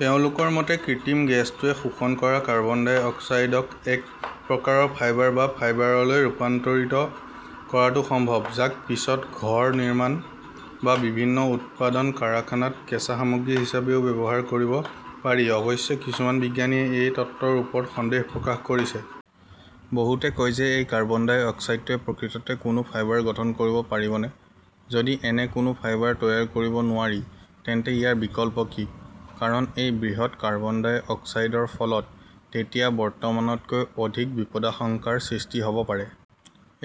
তেওঁলোকৰ মতে, কৃত্ৰিম গছটোৱে শোষণ কৰা কাৰ্বন-ডাই অক্সাইডক এক প্ৰকাৰৰ 'ফাইবাৰ' বা ফাইবাৰলৈ ৰূপান্তৰিত কৰাটো সম্ভৱ, যাক পিছত ঘৰ নিৰ্মাণ বা বিভিন্ন উৎপাদন কাৰখানাত কেঁচা সামগ্ৰী হিচাপেও ব্যৱহাৰ কৰিব পাৰি। অৱশ্যে, কিছুমান বিজ্ঞানীয়ে এই তত্ত্বৰ ওপৰত সন্দেহ প্ৰকাশ কৰিছে। বহুতে কয় যে এই কাৰ্বন-ডাই অক্সাইডটোৱে প্ৰকৃততে এনে কোনো ফাইবাৰ গঠন কৰিব পাৰিবনে? যদি এনে কোনো ফাইবাৰ তৈয়াৰ কৰিব নোৱাৰি, তেন্তে ইয়াৰ বিকল্প কি? কাৰণ এই বৃহৎ কাৰ্বন-ডাই অক্সাইডৰ ফলত তেতিয়া বৰ্তমানতকৈ অধিক বিপদাশংকাৰ সৃষ্টি হ'ব পাৰে।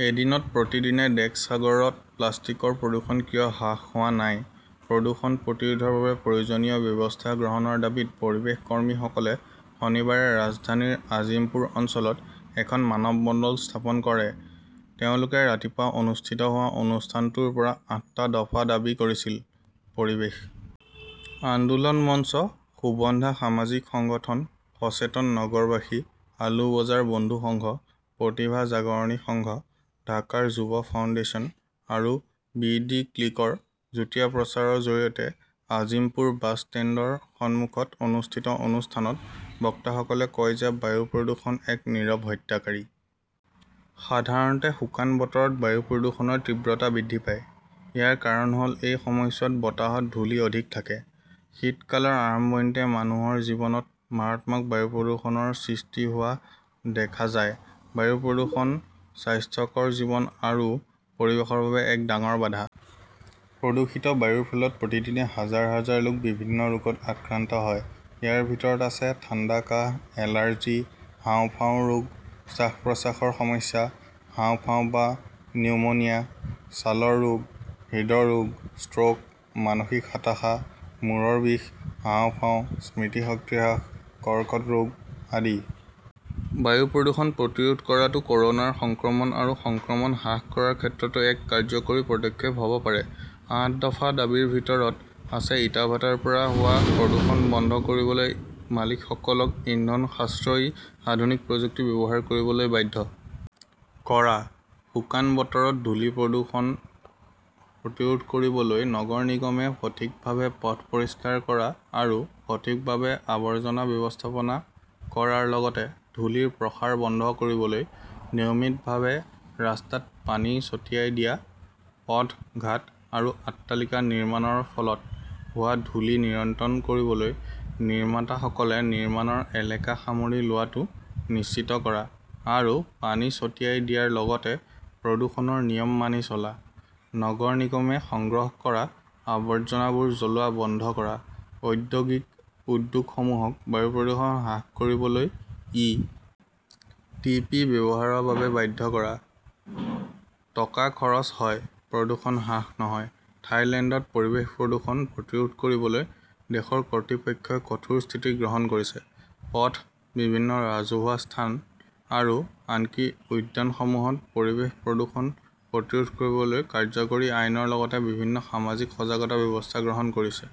এদিনত প্ৰতিদিনে ডেস্ক সাগৰত প্লাষ্টিকৰ প্ৰদূষণ কিয় হ্ৰাস হোৱা নাই প্ৰদূষণ প্ৰতিৰোধৰ বাবে প্ৰয়োজনীয় ব্যৱস্থা গ্ৰহণৰ দাবীত পৰিৱেশ কৰ্মীসকলে শনিবাৰে ৰাজধানীৰ আজিমপুৰ অঞ্চলত এখন মানৱমণ্ডল স্থাপন কৰে। তেওঁলোকে ৰাতিপুৱা অনুষ্ঠিত হোৱা অনুষ্ঠানটোৰ পৰা আঠটা দফা দাবী কৰিছিল। পৰিৱেশ আন্দোলন মঞ্চ, সুবন্ধা সামাজিক সংগঠন, সচেতন নগৰবাসী, আলু বজাৰ বন্ধু সংঘ, প্ৰতিভা জাগৰনী সংঘ, ঢাকা যুৱ ফাউণ্ডেশ্যন আৰু বি. ডি. ক্লিকৰ যুটীয়া প্ৰচাৰৰ জৰিয়তে আজিম্পুৰ বাছ ষ্টেণ্ডৰ সন্মুখত অনুষ্ঠিত অনুষ্ঠানত বক্তাসকলে কয় যে বায়ু প্ৰদূষণ এক নীৰৱ হত্যাকাৰী। সাধাৰণতে শুকান বতৰত বায়ু প্ৰদূষণৰ তীব্ৰতা বৃদ্ধি পায়। ইয়াৰ কাৰণ হ'ল এই সময়ছোৱাত বতাহত ধূলি অধিক থাকে। শীতকালৰ আৰম্ভণিতে মানুহৰ জীৱনত মাৰাত্মক বায়ু প্ৰদূষণৰ সৃষ্টি হোৱা দেখা যায়। বায়ু প্ৰদূষণ স্বাস্থ্যকৰ জীৱন আৰু পৰিৱেশৰ বাবে এক ডাঙৰ বাধা। প্ৰদূষিত বায়ুৰ ফলত প্ৰতিদিনে হাজাৰ হাজাৰ লোক বিভিন্ন ৰোগত আক্ৰান্ত হয়। ইয়াৰ ভিতৰত আছে-ঠাণ্ডা কাহ, এলাৰ্জি, হাঁওফাঁওৰ ৰোগ, শ্বাস-প্ৰশ্বাসৰ সমস্যা, হাঁওফাঁও বা নিউমোনিয়া, ছালৰ ৰোগ, হৃদৰোগ, ষ্ট্ৰোক, মানসিক হতাশা, মূৰৰ বিষ, হাঁওফাঁও, স্মৃতিশক্তি হ্ৰাস, কৰ্কট ৰোগ আদি। বায়ু প্ৰদূষণ প্ৰতিৰোধ কৰাটো ক'ৰোনাৰ সংক্ৰমণ আৰু সংক্ৰমণ হ্ৰাস কৰাৰ ক্ষেত্ৰতো এক কাৰ্যকৰী পদক্ষেপ হ'ব পাৰে। আঠ দফা দাবীৰ ভিতৰত আছে-ইটাভাটাৰ পৰা হোৱা প্ৰদূষণ বন্ধ কৰিবলৈ মালিকসকলক ইন্ধন-সাশ্ৰয়ী আধুনিক প্ৰযুক্তি ব্যৱহাৰ কৰিবলৈ বাধ্য কৰা, শুকান বতৰত ধূলিৰ প্ৰদূষণ প্ৰতিৰোধ কৰিবলৈ নগৰ নিগমে সঠিকভাৱে পথ পৰিষ্কাৰ কৰা আৰু সঠিকভাৱে আৱৰ্জনা ব্যৱস্থাপনা কৰাৰ লগতে ধূলিৰ প্ৰসাৰ বন্ধ কৰিবলৈ নিয়মিতভাৱে ৰাস্তাত পানী ছটিয়াই দিয়া, পথ-ঘাট আৰু অট্টালিকা নিৰ্মাণৰ ফলত হোৱা ধূলি নিয়ন্ত্ৰণ কৰিবলৈ নিৰ্মাতাসকলে নিৰ্মাণৰ এলেকা সামৰি লোৱাটো নিশ্চিত কৰা আৰু পানী ছটিয়াই দিয়াৰ লগতে প্ৰদূষণৰ নিয়ম মানি চলা, নগৰ নিগমে সংগ্ৰহ কৰা আৱৰ্জনা জ্বলোৱা বন্ধ কৰা, ঔদ্যোগিক উদ্যোগসমূহক বায়ু প্ৰদূষণ হ্ৰাস কৰিবলৈ ই. টি. পি. ব্যৱহাৰ বাবে বাধ্য কৰা। টকা খৰচ হয়, প্ৰদূষণ হ্ৰাস নহয় ।থাইলেণ্ডত পৰিৱেশ প্ৰদূষণ প্ৰতিৰোধ কৰিবলৈ দেশৰ কৰ্তৃপক্ষই কঠোৰ স্থিতি গ্ৰহণ কৰিছে। পথ, বিভিন্ন ৰাজহুৱা স্থান আৰু আনকি উদ্যানসমূহত পৰিৱেশ প্ৰদূষণ প্ৰতিৰোধ কৰিবলৈ কাৰ্যকৰী আইনৰ লগতে বিভিন্ন সামাজিক সজাগতা ব্যৱস্থা গ্ৰহণ কৰিছে।